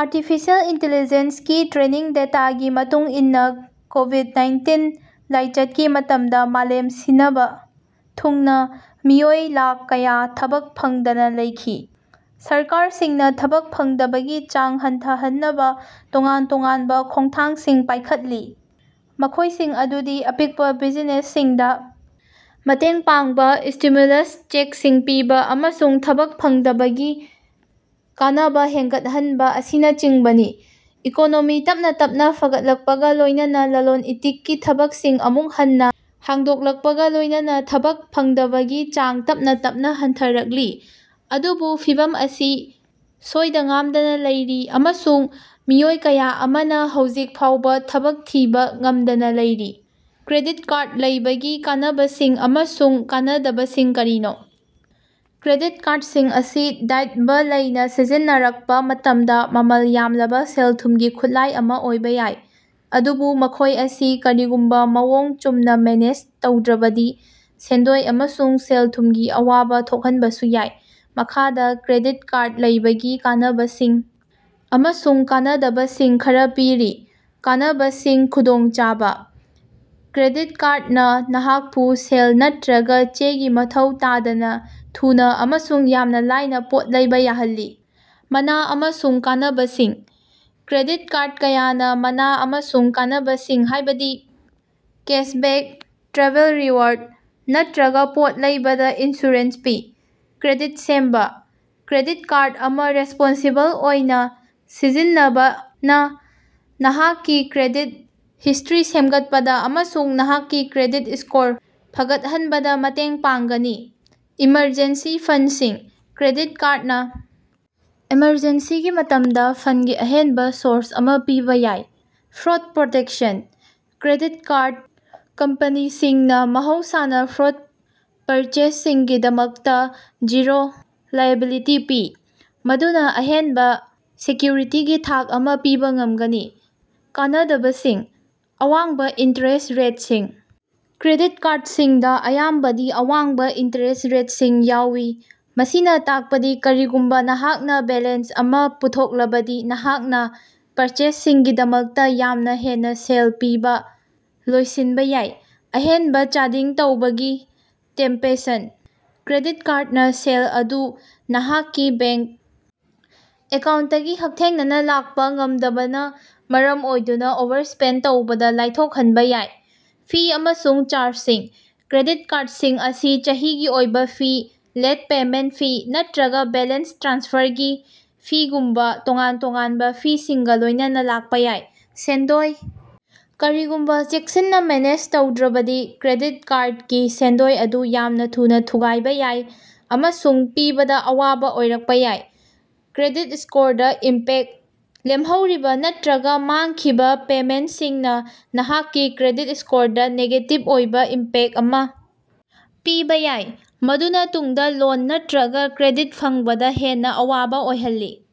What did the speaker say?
Artificial intelligence ꯀꯤ training ꯗꯦꯇꯥꯒꯤ ꯃꯇꯨꯡ ꯏꯟꯅ ꯀꯣꯕꯤꯗ ꯅꯥꯏꯟꯇꯤꯟ ꯂꯥꯏꯆꯠꯀꯤ ꯃꯇꯝꯗ ꯃꯥꯂꯦꯝ ꯁꯤꯅꯕꯥ ꯊꯨꯡꯅꯥ ꯃꯤꯑꯣꯏ ꯂꯥꯈ ꯀꯌꯥ ꯊꯕꯛ ꯐꯪꯗꯅ ꯂꯩꯈꯤ꯫ ꯁꯔꯀꯥꯔꯁꯤꯡꯅ ꯊꯕꯛ ꯐꯪꯗꯕꯒꯤ ꯆꯥꯡ ꯍꯟꯊꯍꯟꯅꯕ ꯇꯣꯉꯥꯟ ꯇꯣꯉꯥꯟꯕ ꯈꯣꯡꯊꯥꯡꯁꯤꯡ ꯄꯥꯏꯈꯠꯂꯤ, ꯃꯈꯣꯏꯁꯤꯡ ꯑꯗꯨꯗꯤ ꯑꯄꯤꯛꯄ ꯕꯤꯖꯤꯅꯦꯁꯁꯤꯡꯗ ꯃꯇꯦꯡ ꯄꯥꯡꯕ, ꯁ꯭ꯇꯤꯃ꯭ꯌꯨꯂꯁ ꯆꯦꯛꯁꯤꯡ ꯄꯤꯕ, ꯑꯃꯁꯨꯡ ꯊꯕꯛ ꯐꯪꯗꯕꯒꯤ ꯀꯥꯟꯅꯕ ꯍꯦꯟꯒꯠꯍꯟꯕ ꯑꯁꯤꯅꯆꯤꯡꯕꯅꯤ꯫ ꯏꯀꯣꯅꯣꯃꯤ ꯇꯞꯅꯥ ꯇꯞꯅꯥ ꯐꯒꯠꯂꯛꯄꯒ ꯂꯣꯏꯅꯅꯥ ꯂꯂꯣꯟ-ꯏꯇꯤꯛꯀꯤ ꯊꯕꯛꯁꯤꯡ ꯑꯃꯨꯛ ꯍꯟꯅ ꯍꯥꯡꯗꯣꯛꯂꯛꯄꯒ ꯂꯣꯏꯅꯅꯥ ꯊꯕꯛ ꯐꯪꯗꯕꯒꯤ ꯆꯥꯡ ꯇꯞꯅꯥ ꯇꯞꯅꯥ ꯍꯟꯊꯔꯛꯂꯤ, ꯑꯗꯨꯕꯨ ꯐꯤꯚꯝ ꯑꯁꯤ ꯁꯣꯏꯗ-ꯉꯥꯝꯗꯅꯥ ꯂꯩꯔꯤ ꯑꯃꯁꯨꯡ ꯃꯤꯑꯣꯏ ꯀꯌꯥ ꯑꯃꯅ ꯍꯧꯖꯤꯛ ꯐꯥꯎꯕ ꯊꯕꯛ ꯊꯤꯕ ꯉꯝꯗꯅ ꯂꯩꯔꯤ꯫ ꯀ꯭ꯔꯦꯗꯤꯠ ꯀꯥꯔꯗ ꯂꯩꯕꯒꯤ ꯀꯥꯟꯅꯕꯁꯤꯡ ꯑꯃꯁꯨꯡ ꯀꯥꯟꯅꯗꯕꯁꯤꯡ ꯀꯔꯤꯅꯣ? ꯀ꯭ꯔꯦꯗꯤꯠ ꯀꯥꯔꯗꯁꯤꯡ ꯑꯁꯤ ꯗꯥꯏꯠꯕ ꯂꯩꯅ ꯁꯤꯖꯤꯟꯅꯔꯛꯄ ꯃꯇꯝꯗ ꯃꯃꯜ ꯌꯥꯝꯂꯕ ꯁꯦꯜ-ꯊꯨꯝꯒꯤ ꯈꯨꯠꯂꯥꯏ ꯑꯃ ꯑꯣꯏꯕ ꯌꯥꯏ, ꯑꯗꯨꯕꯨ ꯃꯈꯣꯏ ꯑꯁꯤ ꯀꯔꯤꯒꯨꯝꯕ ꯃꯑꯣꯡ ꯆꯨꯝꯅ ꯃꯦꯅꯦꯖ ꯇꯧꯗ꯭ꯔꯕꯗꯤ ꯁꯦꯟꯗꯣꯏ ꯑꯃꯁꯨꯡ ꯁꯦꯜ-ꯊꯨꯝꯒꯤ ꯑꯋꯥꯕ ꯊꯣꯛꯍꯟꯕꯁꯨ ꯌꯥꯏ꯫ ꯃꯈꯥꯗ ꯀ꯭ꯔꯦꯗꯤꯠ ꯀꯥꯔꯗ ꯂꯩꯕꯒꯤ ꯀꯥꯟꯅꯕꯁꯤꯡ ꯑꯃꯁꯨꯡ ꯀꯥꯟꯅꯗꯕꯁꯤꯡ ꯈꯔꯥ ꯄꯤꯔꯤ - ꯀꯥꯟꯅꯕꯁꯤꯡ ꯈꯨꯗꯣꯡꯆꯥꯕ - ꯀ꯭ꯔꯦꯗꯤꯠ ꯀꯥꯔꯗꯅꯥ ꯅꯍꯥꯛꯄꯨ ꯁꯦꯜ ꯅꯠꯇꯔꯒ ꯆꯦꯒꯤ ꯃꯊꯧ ꯇꯥꯗꯅꯥ ꯊꯨꯅ ꯑꯃꯁꯨꯡ ꯌꯥꯝꯅ ꯂꯥꯏꯅꯥ ꯄꯣꯠ ꯂꯩꯕ ꯌꯥꯍꯜꯂꯤ꯫ ꯃꯅꯥ ꯑꯃꯁꯨꯡ ꯀꯥꯟꯅꯕꯁꯤꯡ -ꯀ꯭ꯔꯦꯗꯤꯠ ꯀꯥꯔꯗ ꯀꯌꯥꯅ ꯃꯅꯥ ꯑꯃꯁꯨꯡ ꯀꯥꯟꯅꯕꯁꯤꯡ ꯍꯥꯏꯕꯗꯤ ꯀꯦꯁꯕꯦꯛ, ꯇ꯭ꯔꯥꯚꯦꯜ ꯔꯤꯋꯥꯔꯗ, ꯅꯠꯇꯔꯒ ꯄꯣꯠ ꯂꯩꯕꯗ ꯏꯟꯁꯨꯔꯦꯟꯁ ꯄꯤ꯫ ꯀ꯭ꯔꯦꯗꯤꯠ ꯁꯦꯝꯕ - ꯀ꯭ꯔꯦꯗꯤꯠ ꯀꯥꯔꯗ ꯑꯃ ꯔꯦꯁꯄꯣꯟꯁꯤꯕꯜ ꯑꯣꯏꯅ ꯁꯤꯖꯤꯟꯅꯕꯅꯥ ꯅꯍꯥꯛꯀꯤ ꯀ꯭ꯔꯦꯗꯤꯠ ꯍꯤꯁꯇꯔꯤ ꯁꯦꯝꯒꯠꯄꯗ ꯑꯃꯁꯨꯡ ꯅꯍꯥꯛꯀꯤ ꯀ꯭ꯔꯦꯗꯤꯠ ꯁ꯭ꯀꯣꯔ ꯐꯒꯠꯍꯟꯕꯗ ꯃꯇꯦꯡ ꯄꯥꯡꯒꯅꯤ꯫ ꯏꯃꯔꯖꯦꯟꯁꯤ ꯐꯟꯗꯁꯤꯡ - ꯀ꯭ꯔꯦꯗꯤꯠ ꯀꯥꯔꯗꯅꯥ ꯑꯦꯃꯔꯖꯦꯟꯁꯤꯒꯤ ꯃꯇꯝꯗ ꯐꯟꯗꯒꯤ ꯑꯍꯦꯟꯕ ꯁꯣꯔꯁ ꯑꯃ ꯄꯤꯕ ꯌꯥꯏ꯫ ꯐ꯭ꯔꯣꯗ ꯄ꯭ꯔꯣꯇꯦꯛꯁꯟ - ꯀ꯭ꯔꯦꯗꯤꯠ ꯀꯥꯔꯗ ꯀꯝꯄꯅꯤꯁꯤꯡꯅ ꯃꯍꯧꯁꯥꯅ ꯐ꯭ꯔꯣꯗ ꯄꯔꯆꯦꯖꯁꯤꯡꯒꯤꯗꯃꯛꯇ ꯖꯤꯔꯣ ꯂꯥꯏꯑꯦꯕꯤꯂꯤꯇꯤ ꯄꯤ, ꯃꯗꯨꯅ ꯑꯍꯦꯟꯕ ꯁꯦꯀ꯭ꯌꯨꯔꯤꯇꯤꯒꯤ ꯊꯥꯛ ꯑꯃ ꯄꯤꯕ ꯉꯝꯒꯅꯤ꯫ ꯀꯥꯟꯅꯗꯕꯁꯤꯡ - ꯑꯋꯥꯡꯕ ꯏꯟꯇꯔꯦꯁ꯭ꯠ ꯔꯦꯠꯁꯤꯡ - ꯀ꯭ꯔꯦꯗꯤꯠ ꯀꯥꯔꯗꯁꯤꯡꯗ ꯑꯌꯥꯝꯕꯗꯤ ꯑꯋꯥꯡꯕ ꯏꯟꯇꯔꯦꯁ꯭ꯠ ꯔꯦꯠꯁꯤꯡ ꯌꯥꯎꯏ, ꯃꯁꯤꯅ ꯇꯥꯛꯄꯗꯤ ꯀꯔꯤꯒꯨꯝꯕ ꯅꯍꯥꯛꯅ ꯕꯦꯂꯦꯟꯁ ꯑꯃ ꯄꯨꯊꯣꯛꯂꯕꯗꯤ ꯅꯍꯥꯛꯅ ꯄꯔꯆꯦꯖꯁꯤꯡꯒꯤꯗꯃꯛꯇ ꯌꯥꯝꯅ ꯍꯦꯟꯅ ꯁꯦꯜ ꯄꯤꯕ ꯂꯣꯏꯁꯤꯟꯕ ꯌꯥꯏ꯫ ꯑꯍꯦꯟꯕ ꯆꯥꯗꯤꯡ ꯇꯧꯕꯒꯤ ꯇꯦꯝꯄꯦꯁꯟ - ꯀ꯭ꯔꯦꯗꯤꯠ ꯀꯥꯔꯗꯅꯥ ꯁꯦꯜ ꯑꯗꯨ ꯅꯍꯥꯛꯀꯤ ꯕꯦ꯭ꯡꯀ ꯑꯦꯀꯥꯎ꯭ꯟꯠꯇꯒꯤ ꯍꯛꯊꯦꯡꯅꯅꯥ ꯂꯥꯛꯄ ꯉꯝꯗꯕꯅꯥ ꯃꯔꯝ ꯑꯣꯏꯗꯨꯅ ꯑꯣꯚꯔꯁ꯭ꯄꯦꯟꯗ ꯇꯧꯕꯗ ꯂꯥꯏꯊꯣꯛꯍꯟꯕ ꯌꯥꯏ꯫ ꯐꯤ ꯑꯃꯁꯨꯡ ꯆꯥꯔꯖꯁꯤꯡ - ꯀ꯭ꯔꯦꯗꯤꯠ ꯀꯥꯔꯗꯁꯤꯡ ꯑꯁꯤ ꯆꯍꯤꯒꯤ ꯑꯣꯏꯕ ꯐꯤ, ꯂꯦꯠ ꯄꯦꯃꯦꯟꯇ ꯐꯤ ꯅꯠꯇꯔꯒ ꯕꯦꯂꯦꯟꯁ ꯇ꯭ꯔꯥꯟꯁꯐꯔꯒꯤ ꯐꯤꯒꯨꯝꯕ ꯇꯣꯉꯥꯟ-ꯇꯣꯉꯥꯟꯕ ꯐꯤꯁꯤꯡꯒ ꯂꯣꯏꯅꯅꯥ ꯂꯥꯛꯄ ꯌꯥꯏ꯫ ꯁꯦꯟꯗꯣꯏ - ꯀꯔꯤꯒꯨꯝꯕ ꯆꯦꯛꯁꯤꯟꯅ ꯃꯦꯅꯦꯖ ꯇꯧꯗ꯭ꯔꯕꯗꯤ, ꯀ꯭ꯔꯦꯗꯤꯠ ꯀꯥꯔꯗꯀꯤ ꯁꯦꯟꯗꯣꯏ ꯑꯗꯨ ꯌꯥꯝꯅ ꯊꯨꯅ ꯊꯨꯒꯥꯏꯕ ꯌꯥꯏ ꯑꯃꯁꯨꯡ ꯄꯤꯕꯗ ꯑꯋꯥꯕ ꯑꯣꯏꯔꯛꯄ ꯌꯥꯏ꯫ ꯀ꯭ꯔꯦꯗꯤꯠ ꯁ꯭ꯀꯣꯔꯗꯥ ꯏꯝꯄꯦꯛꯇ - ꯂꯦꯝꯍꯧꯔꯤꯕ ꯅꯠꯇꯔꯒ ꯃꯥꯡꯈꯤꯕ ꯄꯦꯃꯦꯟꯇꯁꯤꯡꯅ ꯅꯍꯥꯛꯀꯤ ꯀ꯭ꯔꯦꯗꯤꯠ ꯁ꯭ꯀꯣꯔꯗꯥ ꯅꯦꯒꯦꯇꯤꯚ ꯑꯣꯏꯕ ꯏꯝꯄꯦꯛꯇ ꯑꯃ ꯄꯤꯕ ꯌꯥꯏ, ꯃꯗꯨꯅ ꯇꯨꯡꯗ ꯂꯣꯟ ꯅꯠꯇꯔꯒ ꯀ꯭ꯔꯦꯗꯤꯠ ꯐꯪꯕꯗꯥ ꯍꯦꯟꯅ ꯑꯋꯥꯕ ꯑꯣꯏꯍꯜꯂꯤ꯫